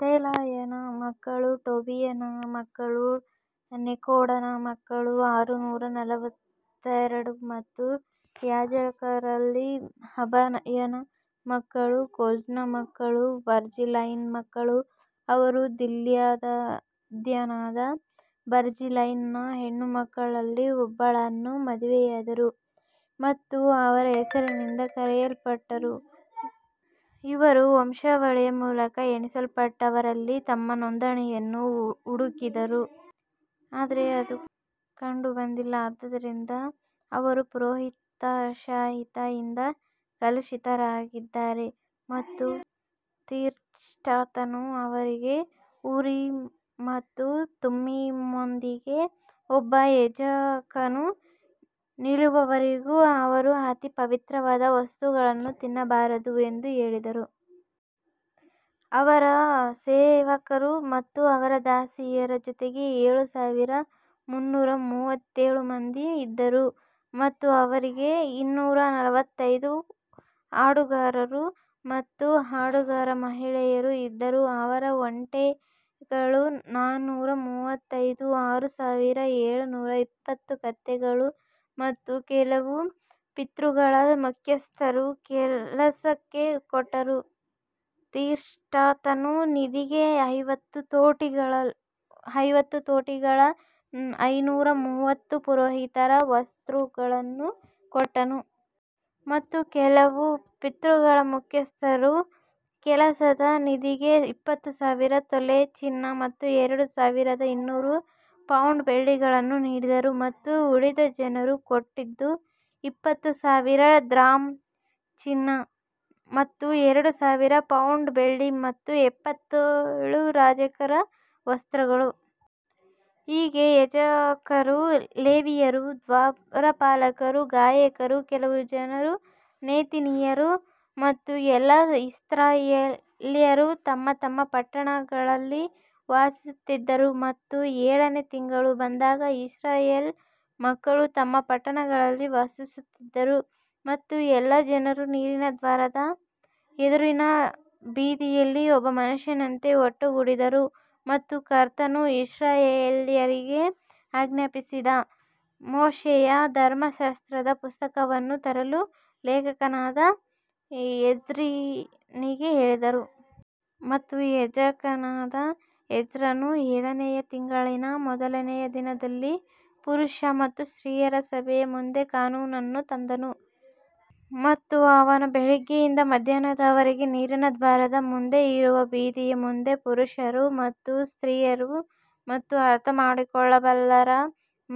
ದೆಲಾಯನ ಮಕ್ಕಳು ಟೋಬೀಯನ ಮಕ್ಕಳು ನೆಕೋಡನ ಮಕ್ಕಳು ಆರುನೂರ ನಲವತ್ತೆರಡು ಮತ್ತು ಯಾಜಕರಲ್ಲಿ ಹಬಯನ ಮಕ್ಕಳು, ಕೋಜ್ನ ಮಕ್ಕಳು ಬರ್ಜಿಲ್ಲೈನ ಮಕ್ಕಳು, ಅವರು ಗಿಲ್ಯಾದ್ಯನಾದ ಬರ್ಜಿಲ್ಲೈನ ಹೆಣ್ಣುಮಕ್ಕಳಲ್ಲಿ ಒಬ್ಬಳನ್ನು ಮದುವೆಯಾದರು ಮತ್ತು ಅವರ ಹೆಸರಿನಿಂದ ಕರೆಯಲ್ಪಟ್ಟರು. ಇವರು ವಂಶಾವಳಿಯ ಮೂಲಕ ಎಣಿಸಲ್ಪಟ್ಟವರಲ್ಲಿ ತಮ್ಮ ನೋಂದಣಿಯನ್ನು ಹುಡುಕಿದರು ಆದರೆ ಅದು ಕಂಡುಬಂದಿಲ್ಲ ಆದ್ದರಿಂದ ಅವರು ಪುರೋಹಿತಶಾಹಿಯಿಂದ ಕಲುಷಿತರಾಗಿದ್ದಾರೆ ಮತ್ತು ತಿರ್ಷಾಥನು ಅವರಿಗೆ, ಊರಿಮ್ ಮತ್ತು ತುಮ್ಮಿಮ್ನೊಂದಿಗೆ ಒಬ್ಬ ಯಾಜಕನು ನಿಲ್ಲುವವರೆಗೂ ಅವರು ಅತಿ ಪವಿತ್ರವಾದ ವಸ್ತುಗಳನ್ನು ತಿನ್ನಬಾರದು ಎಂದು ಹೇಳಿದರು. ಅವರ ಸೇವಕರು ಮತ್ತು ಅವರ ದಾಸಿಯರ ಜೊತೆಗೆ ಏಳು ಸಾವಿರದ ಮುನ್ನೂರ ಮೂವತ್ತೇಳು ಮಂದಿ ಇದ್ದರು ಮತ್ತು ಅವರಿಗೆ ಇನ್ನೂರ ನಲವತ್ತೈದು ಹಾಡುಗಾರರು ಮತ್ತು ಹಾಡುಗಾರ ಮಹಿಳೆಯರು ಇದ್ದರು. ಅವರ ಒಂಟೆಗಳು ನಾನೂರ ಮೂವತ್ತೈದು ಆರು ಸಾವಿರದ ಏಳುನೂರ ಇಪ್ಪತ್ತು ಕತ್ತೆಗಳು ಮತ್ತು ಕೆಲವು ಪಿತೃಗಳ ಮುಖ್ಯಸ್ಥರು ಕೆಲಸಕ್ಕೆ ಕೊಟ್ಟರು, ತಿರ್ಷಾಥನು ನಿಧಿಗೆ ಐವತ್ತು ತೊಟ್ಟಿಗಳ ಐವತ್ತು ತೊಟ್ಟಿಗಳ ಐನೂರ ಮೂವತ್ತು ಪುರೋಹಿತರ ವಸ್ತ್ರಗಳನ್ನು ಕೊಟ್ಟನು. ಮತ್ತು ಕೆಲವು ಪಿತೃಗಳ ಮುಖ್ಯಸ್ಥರು ಕೆಲಸದ ನಿಧಿಗೆ ಇಪ್ಪತ್ತು ಸಾವಿರ ತೊಲೆ ಚಿನ್ನ ಮತ್ತು ಎರಡು ಸಾವಿರದ ಇನ್ನೂರು ಪೌಂಡ್ ಬೆಳ್ಳಿಯನ್ನು ನೀಡಿದರು. ಮತ್ತು ಉಳಿದ ಜನರು ಕೊಟ್ಟದ್ದು ಇಪ್ಪತ್ತು ಸಾವಿರ ದ್ರಾಮ್ ಚಿನ್ನ ಮತ್ತು ಎರಡು ಸಾವಿರ ಪೌಂಡ್ ಬೆಳ್ಳಿ ಮತ್ತು ಎಪ್ಪತ್ತೇಳು ಯಾಜಕರ ವಸ್ತ್ರಗಳು. ಹೀಗೆ ಯಾಜಕರು, ಲೇವಿಯರು, ದ್ವಾರಪಾಲಕರು, ಗಾಯಕರು, ಕೆಲವು ಜನರು, ನೆಥಿನಿಯರು ಮತ್ತು ಎಲ್ಲಾ ಇಸ್ರಾಯೇಲ್ಯರು ತಮ್ಮ ತಮ್ಮ ಪಟ್ಟಣಗಳಲ್ಲಿ ವಾಸಿಸುತ್ತಿದ್ದರು ಮತ್ತು ಏಳನೇ ತಿಂಗಳು ಬಂದಾಗ ಇಸ್ರಾಯೇಲ್ ಮಕ್ಕಳು ತಮ್ಮ ಪಟ್ಟಣಗಳಲ್ಲಿ ವಾಸಿಸುತ್ತಿದ್ದರು. ಮತ್ತು ಎಲ್ಲಾ ಜನರು ನೀರಿನ ದ್ವಾರದ ಎದುರಿನ ಬೀದಿಯಲ್ಲಿ ಒಬ್ಬ ಮನುಷ್ಯನಂತೆ ಒಟ್ಟುಗೂಡಿದರು ಮತ್ತು ಕರ್ತನು ಇಸ್ರಾಯೇಲ್ಯರಿಗೆ ಆಜ್ಞಾಪಿಸಿದ ಮೋಶೆಯ ಧರ್ಮಶಾಸ್ತ್ರದ ಪುಸ್ತಕವನ್ನು ತರಲು ಲೇಖಕನಾದ ಎಜ್ರನಿಗೆ ಹೇಳಿದರು. ಮತ್ತು ಯಾಜಕನಾದ ಎಜ್ರನು ಏಳನೆಯ ತಿಂಗಳಿನ ಮೊದಲನೆಯ ದಿನದಲ್ಲಿ ಪುರುಷ ಮತ್ತು ಸ್ತ್ರೀಯರ ಸಭೆಯ ಮುಂದೆ ಕಾನೂನನ್ನು ತಂದನು. ಮತ್ತು ಅವನು ಬೆಳಿಗ್ಗೆಯಿಂದ ಮಧ್ಯಾಹ್ನದವರೆಗೆ ನೀರಿನ ದ್ವಾರದ ಮುಂದೆ ಇರುವ ಬೀದಿಯ ಮುಂದೆ ಪುರುಷರು ಮತ್ತು ಸ್ತ್ರೀಯರು ಮತ್ತು ಅರ್ಥಮಾಡಿಕೊಳ್ಳಬಲ್ಲವರ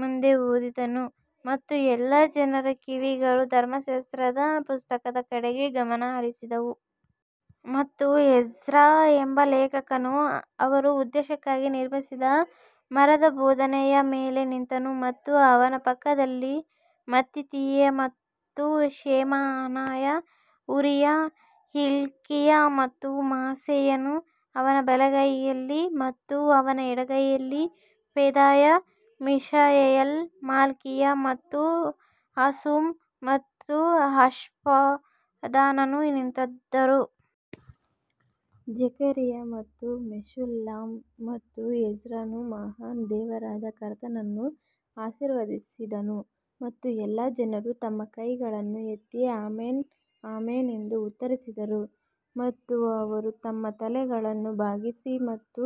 ಮುಂದೆ ಓದಿದನು ಮತ್ತು ಎಲ್ಲಾ ಜನರ ಕಿವಿಗಳು ಧರ್ಮಶಾಸ್ತ್ರದ ಪುಸ್ತಕದ ಕಡೆಗೆ ಗಮನಹರಿಸಿದವು. ಮತ್ತು ಎಜ್ರ ಎಂಬ ಲೇಖಕನು ಅವರು ಉದ್ದೇಶಕ್ಕಾಗಿ ನಿರ್ಮಿಸಿದ ಮರದ ಬೋಧನೆಯ ಮೇಲೆ ನಿಂತನು ಮತ್ತು ಅವನ ಪಕ್ಕದಲ್ಲಿ ಮತ್ತಿಥಿಯ ಮತ್ತು ಶೆಮಾ, ಅನಯ, ಉರೀಯ, ಹಿಲ್ಕೀಯ ಮತ್ತು ಮಾಸೇಯನು ಅವನ ಬಲಗೈಯಲ್ಲಿ ಮತ್ತು ಅವನ ಎಡಗೈಯಲ್ಲಿ ಪೆದಾಯ, ಮಿಶಾಯೇಲ್, ಮಲ್ಕೀಯ ಮತ್ತು ಹಾಶುಮ್ ಮತ್ತು ಹಷ್ಬದಾನನು ನಿಂತಿದ್ದರು. ಜೆಕರಿಯಾ ಮತ್ತು ಮೆಶುಲ್ಲಾಮ್ ಮತ್ತು ಎಜ್ರನು ಮಹಾನ್ ದೇವರಾದ ಕರ್ತನನ್ನು ಆಶೀರ್ವದಿಸಿದನು ಮತ್ತು ಎಲ್ಲಾ ಜನರು ತಮ್ಮ ಕೈಗಳನ್ನು ಎತ್ತಿ ಆಮೆನ್ ಆಮೆನ್ ಎಂದು ಉತ್ತರಿಸಿದರು ಮತ್ತು ಅವರು ತಮ್ಮ ತಲೆಗಳನ್ನು ಬಾಗಿಸಿ ಮತ್ತು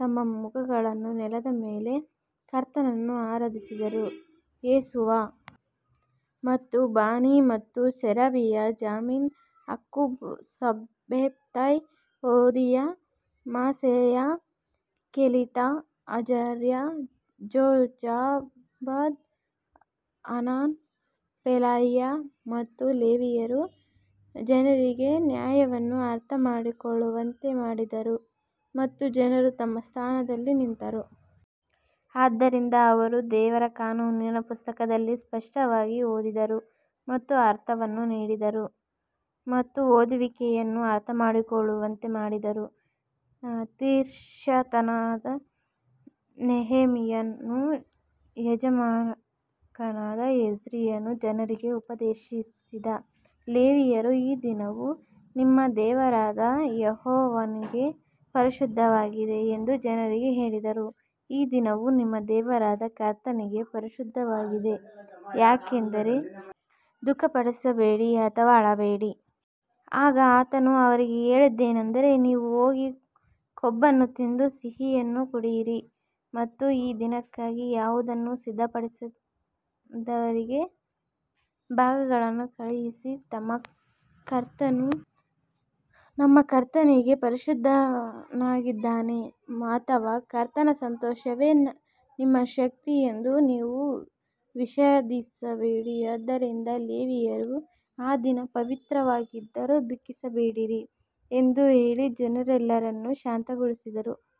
ತಮ್ಮ ಮುಖಗಳನ್ನು ನೆಲದ ಮೇಲೆ ಕರ್ತನನ್ನು ಆರಾಧಿಸಿದರು. ಯೆಷುವಾ ಮತ್ತು ಬಾನಿ ಮತ್ತು Sherebiah Jamin Akkub Shabbethai Hodiah Maaseiah Kelita Azariah Jozabad Hanan Pelaiah ಮತ್ತು ಲೇವಿಯರು ಜನರಿಗೆ ನ್ಯಾಯವನ್ನು ಅರ್ಥಮಾಡಿಕೊಳ್ಳುವಂತೆ ಮಾಡಿದರು ಮತ್ತು ಜನರು ತಮ್ಮ ಸ್ಥಾನದಲ್ಲಿ ನಿಂತರು. ಆದ್ದರಿಂದ ಅವರು ದೇವರ ಕಾನೂನಿನ ಪುಸ್ತಕದಲ್ಲಿ ಸ್ಪಷ್ಟವಾಗಿ ಓದಿದರು ಮತ್ತು ಅರ್ಥವನ್ನು ನೀಡಿದರು ಮತ್ತು ಓದುವಿಕೆಯನ್ನು ಅರ್ಥಮಾಡಿಕೊಳ್ಳುವಂತೆ ಮಾಡಿದರು ತಿರ್ಷಾತನಾದ ನೆಹೆಮೀಯನೂ ಯಾಜಕನಾದ ಎಜ್ರನೂ ಜನರಿಗೆ ಉಪದೇಶಿಸಿದ ಲೇವಿಯರೂ ಈ ದಿನವು ನಿಮ್ಮ ದೇವರಾದ ಯೆಹೋವನಿಗೆ ಪರಿಶುದ್ಧವಾಗಿದೆ ಎಂದು ಜನರಿಗೆ ಹೇಳಿದರು, ಈ ದಿನವು ನಿಮ್ಮ ದೇವರಾದ ಕರ್ತನಿಗೆ ಪರಿಶುದ್ಧವಾಗಿದೆ, ಯಾಕಂದರೆ ದುಃಖಿಸಬೇಡಿ ಅಥವಾ ಅಳಬೇಡಿ. ಆಗ ಆತನು ಅವರಿಗೆ ಹೇಳಿದ್ದೇನಂದರೆ, ನೀವು ಹೋಗಿ ಕೊಬ್ಬನ್ನು ತಿಂದು ಸಿಹಿಯನ್ನು ಕುಡಿಯಿರಿ ಮತ್ತು ಈ ದಿನಕ್ಕಾಗಿ ಯಾವುದನ್ನೂ ಸಿದ್ಧಪಡಿಸದವರಿಗೆ ಭಾಗಗಳನ್ನು ಕಳುಹಿಸಿ ನಮ್ಮ ಕರ್ತನು ನಮ್ಮ ಕರ್ತನಿಗೆ ಪರಿಶುದ್ಧನಾಗಿದ್ದಾನೆ ಅಥವಾ ಕರ್ತನ ಸಂತೋಷವೇ ನಿಮ್ಮ ಶಕ್ತಿ ಎಂದು ನೀವು ವಿಷಾದಿಸಬೇಡಿ. ಆದ್ದರಿಂದ ಲೇವಿಯರು ಆ ದಿನ ಪವಿತ್ರವಾಗಿದ್ದರೂ ದುಃಖಿಸಬೇಡಿರಿ ಎಂದು ಹೇಳಿ ಜನರೆಲ್ಲರನ್ನು ಶಾಂತಗೊಳಿಸಿದರು.